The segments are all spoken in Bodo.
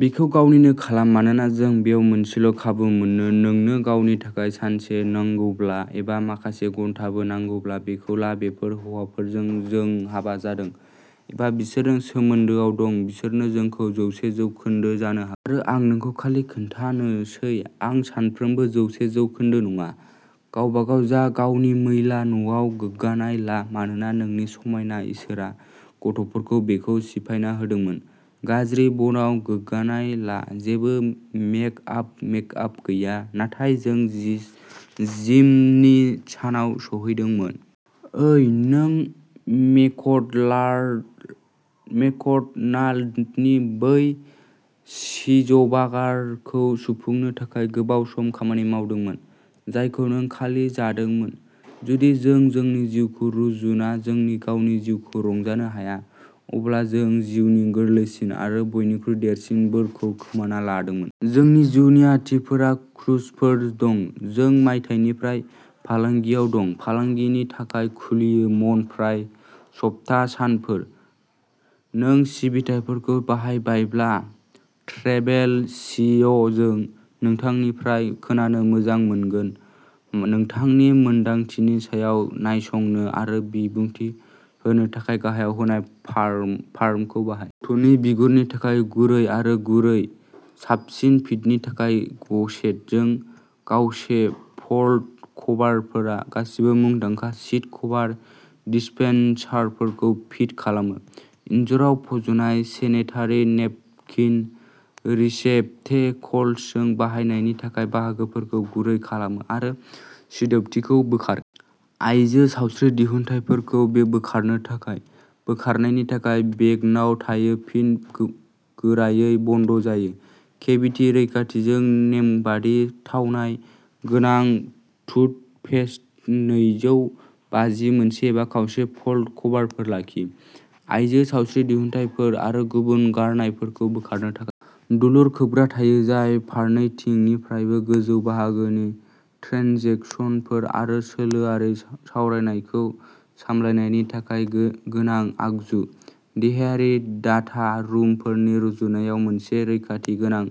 बेखौ गावनिनो खालाम मानोना जों बेयाव मोनसेल' खाबु मोनो नोंनो गावनि थाखाय सानसे नांगौब्ला, एबा माखासे घन्टाबो नांगौब्ला, बेखौ ला बेफोर हौवाफोरजों जों हाबा जादों, एबा बिसोरजों सोमोन्दोआव दं बिसोरनो जोंखौ जौसे जौखोनदो जानो नांगौ। आरो आं नोंनो खालि खोन्थानोसै, आं सानफ्रोमबो जौसे जौखोनदो नङा। गावबागाव जा गावनि मैला न'आव गोग्गानाय ला, मानोना नोंनि समायना, इसोरआ गथ'फोरखौ बेखौ सिफायना होदोंमोन। गाज्रि बनआव गोग्गानाय ला, जेबो मेक आप मेक आप गैया, नाथाय नों जिमनि सानाव सौहैदोंमोन। ओइ, नों मेकडलार्ड मेकड'नाल्डनि बै चीजबागारखौ सुफुंनो थाखाय गोबाव सम खामानि मावदोंमोन, जायखौ नों खालि जादोंमोन। जुदि जों जोंनि जिउखौ रुजुना जोंनि गावनि जिउखौ रंजानो हाया, अब्ला जों जिउनि गोरलैसिन आरो बयनिख्रुइ देरसिन बोरखौ खोमाना लादोंमोन। जोंनि जुनियाथिफोराव क्रुजफोर दं। जों मायथाइनिफ्राय फालांगियाव दं। फालांगिनि थाखाय खुलियो मन फ्राइ सप्ता सानफोर। नों सिबिथाइफोरखौ बाहायबायब्ला। ट्रेभेल सि अ जों नोंथांनिफ्राय खोनानो मोजां मोनगोन नोंथांनि मोन्दांथिनि सायाव नायसंनो आरो बिबुंथि होनो थाखाय गाहायाव होनाय फा फार्मखौ बाहाय। गथ'नि बिगुरनि थाखाय गुरै आरो गुरै। साबसिन फिटनि थाखाय गसेटजों। गावसे फल्ड कभारफोरा गासिबो मुंदांखा सिट कभार डिस्पेनसारफोरखौ फिट खालामो। इनजुराव फज'नाय सेनेटारि नेपकिन रिसेप्टेकल्सजों बाहायनायनि थाखाय। बाहागोफोरखौ गुरै खालामो आरो सिदोबथिखौ बोखारो। आइजो सावस्रि दिहुनथायफोरखौ बे बोखारनो थाखाय। बोखारनायनि थाखाय वेगनाय थायो, फिन गोरायै बन्द जायो। केभिटि रैखाथिजों नेमबादि थावनाय गोनां टुथपेस्ट। नैजौ बाजि मोनसे एबा खावसे फल्ड कभारफोर लाखियो। आइजो सावस्रि दिहुनथायफोर आरो गुबुन गारनायफोरखौ बोखारनो थाखाय। दुलुर खोबग्रा थायो जाय फारनैथिंनिफ्रायबो गोजौ बाहागोनि ट्रेन्जेकसनफोर आरो सोलोआरि सावरायनायखौ सामलायनायनि थाखाय गो गोनां आगजु। देहायारि डाटा रुमफोरनि रुजुनायाव, मोनसे रैखाथि गोनां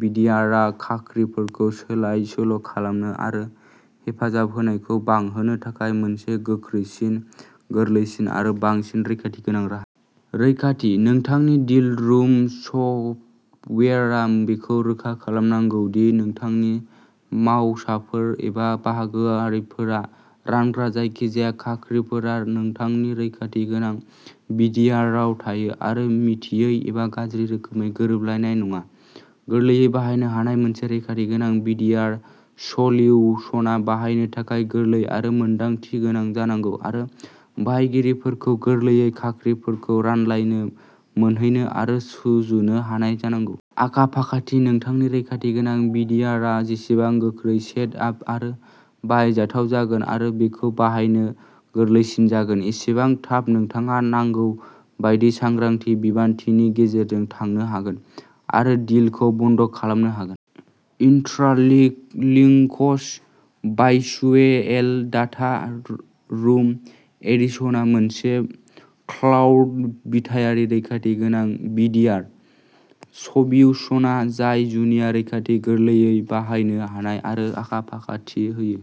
भि डि आर आ खाख्रिफोरखौ सोलाय सोल'खालामनो आरो हेफाजाब होनायखौ बांहोनो थाखाय मोनसे गोख्रैसिन, गोरलैसिन आरो बांसिन रैखाथि गोनां राहा। रैखाथि नोंथांनि डिल रुम सफ्टवेयारआ बेखौ रोखा खालामनांगौ दि नोंथांनि मावसाफोर एबा बाहागोआरिफोरा रानग्रा जायखिजाया खाख्रिफोरा नोंथांनि रैखाथि गोनां भि डि आरआव थायो आरो मिथियै एबा गाज्रि रोखोमै गोरोबलायनाय नङा। गोरलैयै बाहायनो हानाय मोनसे रैखाथि गोनां भि डि आर सलिउसना बाहायनो थाखाय गोरलै आरो मोनदांथि गोनां जानांगौ आरो बाहायगिरिफोरखौ गोरलैयै खाख्रिफोरखौ रानलायनो मोनहैनो आरो सुजुनो हानाय जानांगौ। आखा फाखाथि नोंथांनि रैखाथि गोनां भि डि आर आ जेसेबां गोख्रै सेट आप आरो बाहायजाथाव जागोन आरो बेखौ बाहायनो गोरलैसिन जागोन, एसेबां थाब नोंथाङा नांगौ बायदि सांग्राथि बिबान्थिनि गेजेरजों थांनो हागोन आरो डिलखौ बन्द खालामनो हागोन। इन्ट्रालिलिंकस भारचुयेएल डाटा रुम एडिशनआ मोनसे क्लाउड बिथायारि रैखाथि गोनां भि डि आर सलिउसना जाय जुनिया रैखाथि, गोरलैयै बाहायनो हानाय आरो आखा फाखाथि।